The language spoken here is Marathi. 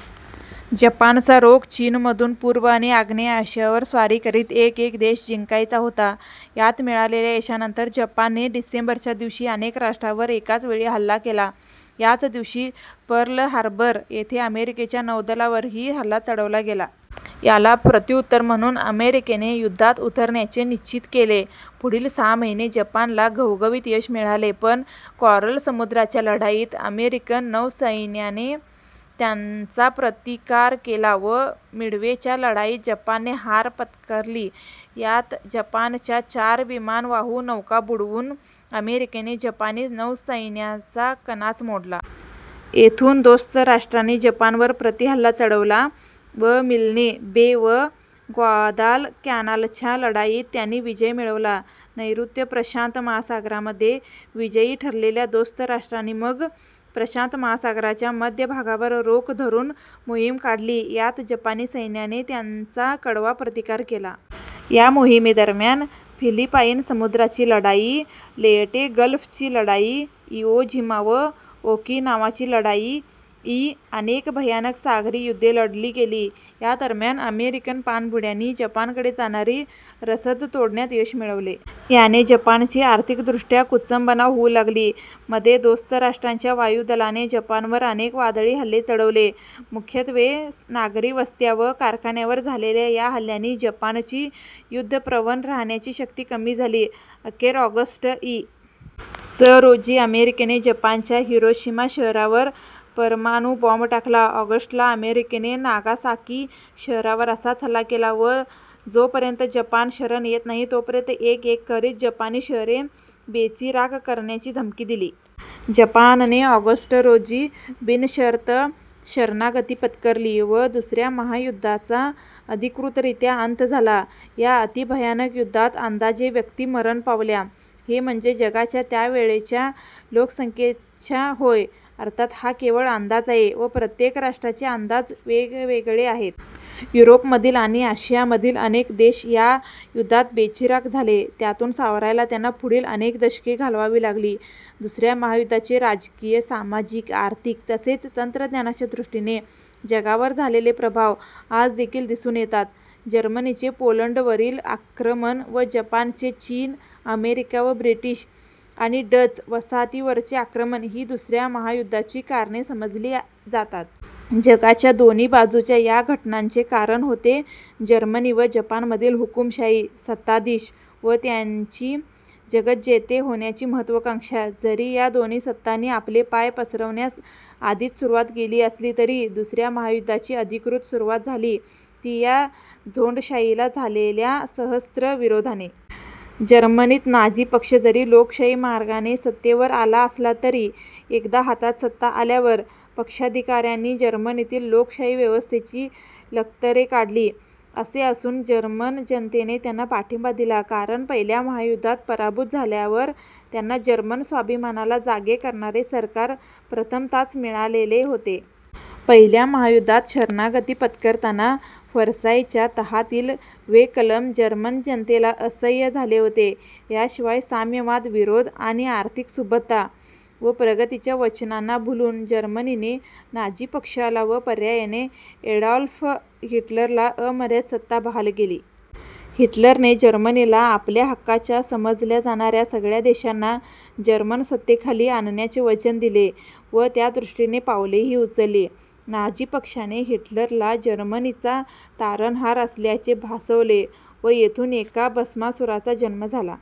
, जपानचा रोख चीनमधून पूर्व आणि आग्नेय आशियावर स्वारी करीत एकएक देश जिंकायचा होता. यात मिळालेल्या यशानंतर जपानने डिसेंबर, च्या दिवशी अनेक राष्ट्रांवर एकाच वेळी हल्ला केला. याच दिवशी पर्ल हार्बर येथे अमेरिकेच्या नौदलावरही हल्ला चढवला गेला. याला प्रत्युत्तर म्हणून अमेरिकेने युद्धात उतरण्याचे निश्चित केले. पुढील सहा महिने जपानला घवघवीत यश मिळाले पण कॉरल समुद्राच्या लढाईत अमेरिकन नौसैन्याने त्यांचा प्रतिकार केला व मिडवेच्या लढाईत जपानने हार पत्करली. यात जपानच्या चार विमानवाहू नौका बुडवून अमेरिकेने जपानी नौसैन्याचा कणाच मोडला. येथून दोस्त राष्ट्रांनी जपानवर प्रतिहल्ला चढवला व मिल्ने बे व ग्वादालकॅनालच्या लढाईत त्यांनी विजय मिळवला. नैर्ऋत्य प्रशांत महासागरातमध्ये विजयी ठरलेल्या दोस्त राष्ट्रांनी मग प्रशांत महासागराच्या मध्य भागावर रोख धरून मोहीम काढली. यात जपानी सैन्याने त्यांचा कडवा प्रतिकार केला. या मोहीमेदरम्यान फिलिपाईन समुद्राची लढाई, लेयटे गल्फची लढाई, इवो जिमा व ओकिनावाची लढाई, इ. अनेक भयानक सागरी युद्धे लढली गेली. या दरम्यान अमेरिकन पाणबुड्यांनी जपानकडे जाणारी रसद तोडण्यात यश मिळवले. याने जपानची आर्थिकदृष्ट्या कुचंबणा होऊ लागली. मध्ये दोस्त राष्ट्रांच्या वायुदलाने जपानवर अनेक वादळी हल्ले चढवले. मुख्यत्वे नागरी वस्त्या व कारखान्यांवर झालेल्या या हल्ल्यांनी जपानची युद्धप्रवण राहण्याची शक्ती कमी झाली. अखेर ऑगस्ट, इ. स. रोजी अमेरिकेने जपानच्या हिरोशिमा शहरावर परमाणु बॉम्ब टाकला. ऑगस्ट ला अमेरिकेने नागासाकी शहरावर असाच हल्ला केला व जोपर्यंत जपान शरण येत नाही तोपर्यंत एक एक करित जपानी शहरे बेचिराख करण्याची धमकी दिली. जपानने ऑगस्ट, रोजी बिनशर्त शरणागती पत्करली व दुसऱ्या महायुद्धाचा अधिकृतरीत्या अंत झाला. या अतिभयानक युद्धात अंदाजे व्यक्ती मरण पावल्या. हे म्हणजे जगाच्या त्यावेळेच्या लोकसंख्येच्या होय. अर्थात, हा केवळ अंदाज आहे व प्रत्येक राष्ट्राचे अंदाज वेगवेगळे आहेत. युरोपमधील आणि आशियामधील अनेक देश या युद्धात बेचिराख झाले. त्यातून सावरायला त्यांना पुढील अनेक दशके घालवावी लागली. दुसऱ्या महायुद्धाचे राजकीय, सामाजिक, आर्थिक तसेच तंत्रज्ञानाच्या दृष्टीने जगावर झालेले प्रभाव आजदेखील दिसून येतात. जर्मनीचे पोलंडवरील आक्रमण व जपानचे चीन, अमेरिका व ब्रिटिश आणि डच वसाहतींवरचे आक्रमण ही दुसऱ्या महायुद्धाची कारणे समजली जातात. जगाच्या दोन्ही बाजूच्या या घटनांचे कारण होते जर्मनी व जपानमधील हुकूमशाही सत्ताधीश व त्यांची जगज्जेते होण्याची महत्त्वाकांक्षा. जरी या दोन्ही सत्तांनी आपले पाय पसरवण्यास आधीच सुरुवात केली असली तरी दुसऱ्या महायुद्धाची अधिकृत सुरुवात झाली ती या झोंडशाहीला झालेल्या सशस्त्र विरोधाने. जर्मनीत नाझी पक्ष जरी लोकशाही मार्गाने सत्तेवर आला असला तरी एकदा हातात सत्ता आल्यावर पक्षाधिकाऱ्यांनी जर्मनीतील लोकशाही व्यवस्थेची लक्तरे काढली. असे असून जर्मन जनतेने त्यांना पाठिंबा दिला कारण पहिल्या महायुद्धात पराभूत झाल्यावर त्यांना जर्मन स्वाभिमानाला जागे करणारे सरकार प्रथमतःच मिळालेले होते. पहिल्या महायुद्धात शरणागती पत्करताना व्हर्सायच्या तहातील वे कलम जर्मन जनतेला असह्य झाले होते. या शिवाय साम्यवाद-विरोध आणि आर्थिक सुबत्ता व प्रगतीच्या वचनांना भुलून जर्मनीने नाझी पक्षाला व पर्यायाने एडॉल्फ हिटलरला अमर्याद सत्ता बहाल केली. हिटलरने जर्मनीला आपल्या हक्काच्या समजल्या जाणाऱ्या सगळ्या देशांना जर्मन सत्तेखाली आणण्याचे वचन दिले व त्यादृष्टीने पावलेही उचलली. नाझी पक्षाने हिटलरला जर्मनीचा तारणहार असल्याचे भासवले, व येथून एका भस्मासुराचा जन्म झाला.